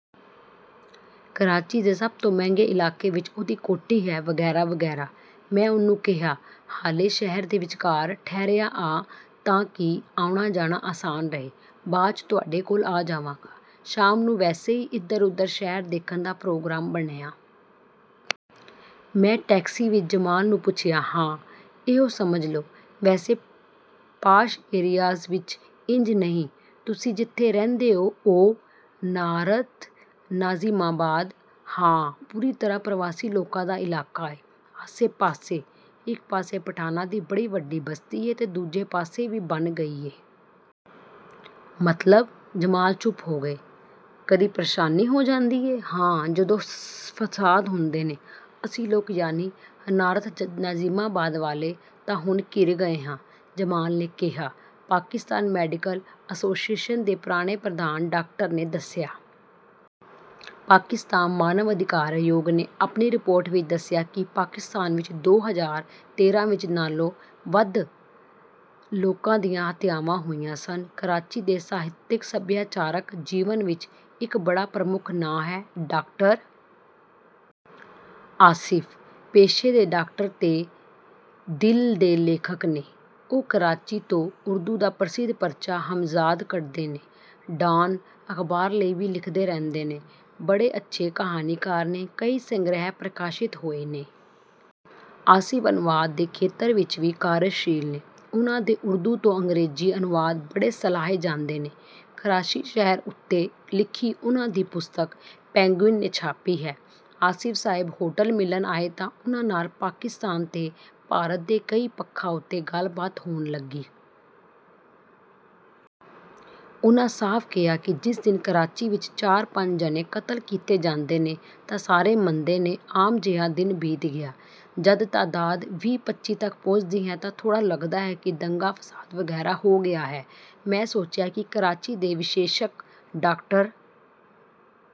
ਕਰਾਚੀ ਦੇ ਸਭ ਤੋਂ ਮਹਿੰਗੇ ਇਲਾਕੇ ਵਿੱਚ ਉਹਦੀ ਕੋਠੀ ਹੈ... ਵਗ਼ੈਰਾ... ਵਗ਼ੈਰਾ...। ਮੈਂ ਉਹਨੂੰ ਕਿਹਾ, "ਹਾਲੇ ਸ਼ਹਿਰ ਦੇ ਵਿਚਕਾਰ ਠਹਿਰਿਆ ਆਂ ਤਾਂ ਕਿ ਆਉਣਾ-ਜਾਣਾ ਆਸਾਨ ਰਹੇ... ਬਾਅਦ 'ਚ ਤੁਹਾਡੇ ਕੋਲ ਆ ਜਾਵਾਂਗਾ।" ਸ਼ਾਮ ਨੂੰ ਵੈਸੇ ਹੀ ਇਧਰ-ਉਧਰ ਸ਼ਹਿਰ ਦੇਖਣ ਦਾ ਪ੍ਰੋਗਰਾਮ ਬਣਿਆ। ਮੈਂ ਟੈਕਸੀ ਵਿੱਚ ਜਮਾਲ ਨੂੰ ਪੁੱਛਿਆ। "ਹਾਂ... ਇਹੋ ਸਮਝ ਲਓ... ਵੈਸੇ ਪਾਸ਼ ਏਰੀਆਜ਼ ਵਿੱਚ ਇੰਜ ਨਹੀਂ...।" "ਤੁਸੀਂ ਜਿੱਥੇ ਰਹਿੰਦੇ ਓ, ਓਹ...?" "ਨਾਰਥ ਨਾਜਿਮਾਬਾਦ... ਹਾਂ, ਪੂਰੀ ਤਰ੍ਹਾਂ ਪਰਵਾਸੀ ਲੋਕਾਂ ਦਾ ਇਲਾਕਾ ਏ।" "ਆਸੇ-ਪਾਸੇ?" "ਇੱਕ ਪਾਸੇ ਪਠਾਨਾਂ ਦੀ ਬੜੀ ਵੱਡੀ ਬਸਤੀ ਏ ਤੇ ਦੂਜੇ ਪਾਸੇ ਵੀ ਬਣ ਗਈ ਏ... ਮਤਲਬ..." ਜਮਾਲ ਚੁੱਪ ਹੋ ਗਏ। "ਕਦੀ ਪ੍ਰੇਸ਼ਾਨੀ ਹੋ ਜਾਂਦੀ ਏ?" "ਹਾਂ, ਜਦੋਂ ਫਸਾਦ ਹੁੰਦੇ ਨੇ... ਅਸੀਂ ਲੋਕ, ਯਾਨੀ ਨਾਰਥ ਨਾਜਿਮਾਬਾਦ ਵਾਲੇ, ਤਾਂ ਹੁਣ ਘਿਰ ਗਏ ਆਂ...।" ਜਮਾਲ ਨੇ ਕਿਹਾ। ਪਾਕਿਸਤਾਨ ਮੈਡੀਕਲ ਐਸੋਸੀਏਸ਼ਨ ਦੇ ਪੁਰਾਣੇ ਪ੍ਰਧਾਨ ਡਾਕਟਰ ਨੇ ਦੱਸਿਆ। ਪਾਕਿਸਤਾਨ ਮਾਨਵ ਅਧਿਕਾਰ ਆਯੋਗ ਨੇ ਆਪਣੀ ਰਿਪੋਰਟ ਵਿੱਚ ਦੱਸਿਆ ਕਿ ਪਾਕਿਸਤਾਨ ਵਿੱਚ ਦੋ ਹਜ਼ਾਰ ਤੇਰਾਂ ਵਿੱਚ ਨਾਲੋਂ ਵੱਧ ਲੋਕਾਂ ਦੀਆਂ ਹੱਤਿਆਵਾਂ ਹੋਈਆਂ ਸਨ। ਕਰਾਚੀ ਦੇ ਸਾਹਿਤਕ-ਸੱਭਿਆਚਾਰਕ ਜੀਵਨ ਵਿੱਚ ਇੱਕ ਬੜਾ ਪ੍ਰਮੁੱਖ ਨਾਂ ਹੈ, ਡਾਕਟਰ ਆਸਿਫ। ਪੇਸ਼ੇ ਦੇ ਡਾਕਟਰ ਤੇ ਦਿਲ ਦੇ ਲੇਖਕ ਨੇ। ਉਹ ਕਰਾਚੀ ਤੋਂ ਉਰਦੂ ਦਾ ਪ੍ਰਸਿੱਧ ਪਰਚਾ 'ਹਮਜ਼ਾਦ' ਕੱਢਦੇ ਨੇ। 'ਡਾਨ' ਅਖ਼ਬਾਰ ਲਈ ਵੀ ਲਿਖਦੇ ਰਹਿੰਦੇ ਨੇ। ਬੜੇ ਅੱਛੇ ਕਹਾਣੀਕਾਰ ਨੇ। ਕਈ ਸੰਗ੍ਰਹਿ ਪ੍ਰਕਾਸ਼ਿਤ ਹੋਏ ਨੇ। ਆਸਿਫ ਅਨੁਵਾਦ ਦੇ ਖੇਤਰ ਵਿੱਚ ਵੀ ਕਾਰਜਸ਼ੀਲ ਨੇ। ਉਹਨਾਂ ਦੇ ਉਰਦੂ ਤੋਂ ਅੰਗਰੇਜ਼ੀ ਅਨੁਵਾਦ ਬੜੇ ਸਲਾਹੇ ਜਾਂਦੇ ਨੇ। ਕਰਾਚੀ ਸ਼ਹਿਰ ਉੱਤੇ ਲਿਖੀ ਉਹਨਾਂ ਦੀ ਪੁਸਤਕ 'ਪੇਂਗੁਇਨ' ਨੇ ਛਾਪੀ ਹੈ। ਆਸਿਫ ਸਾਹਿਬ ਹੋਟਲ ਮਿਲਣ ਆਏ ਤਾਂ ਉਹਨਾਂ ਨਾਲ ਪਾਕਿਸਤਾਨ ਤੇ ਭਾਰਤ ਦੇ ਕਈ ਪੱਖਾਂ ਉੱਤੇ ਗੱਲਬਾਤ ਹੋਣ ਲੱਗੀ। ਉਹਨਾਂ ਸਾਫ਼ ਕਿਹਾ ਕਿ ਜਿਸ ਦਿਨ ਕਰਾਚੀ ਵਿੱਚ ਚਾਰ-ਪੰਜ ਜਣੇ ਕਤਲ ਕੀਤੇ ਜਾਂਦੇ ਨੇ ਤਾਂ ਸਾਰੇ ਮੰਨਦੇ ਨੇ, ਆਮ ਜਿਹਾ ਦਿਨ ਬੀਤ ਗਿਆ। ਜਦ ਤਾਦਾਦ ਵੀਹ-ਪੱਚੀ ਤੱਕ ਪਹੁੰਚਦੀ ਹੈ ਤਾਂ ਥੋੜ੍ਹਾ ਲੱਗਦਾ ਹੈ ਕਿ ਦੰਗਾ-ਫਸਾਦ ਵਗ਼ੈਰਾ ਹੋ ਗਿਆ ਹੈ। ਮੈਂ ਸੋਚਿਆ ਕਿ ਕਰਾਚੀ ਦੇ ਵਿਸ਼ੇਸ਼ਕ ਡਾਕਟਰ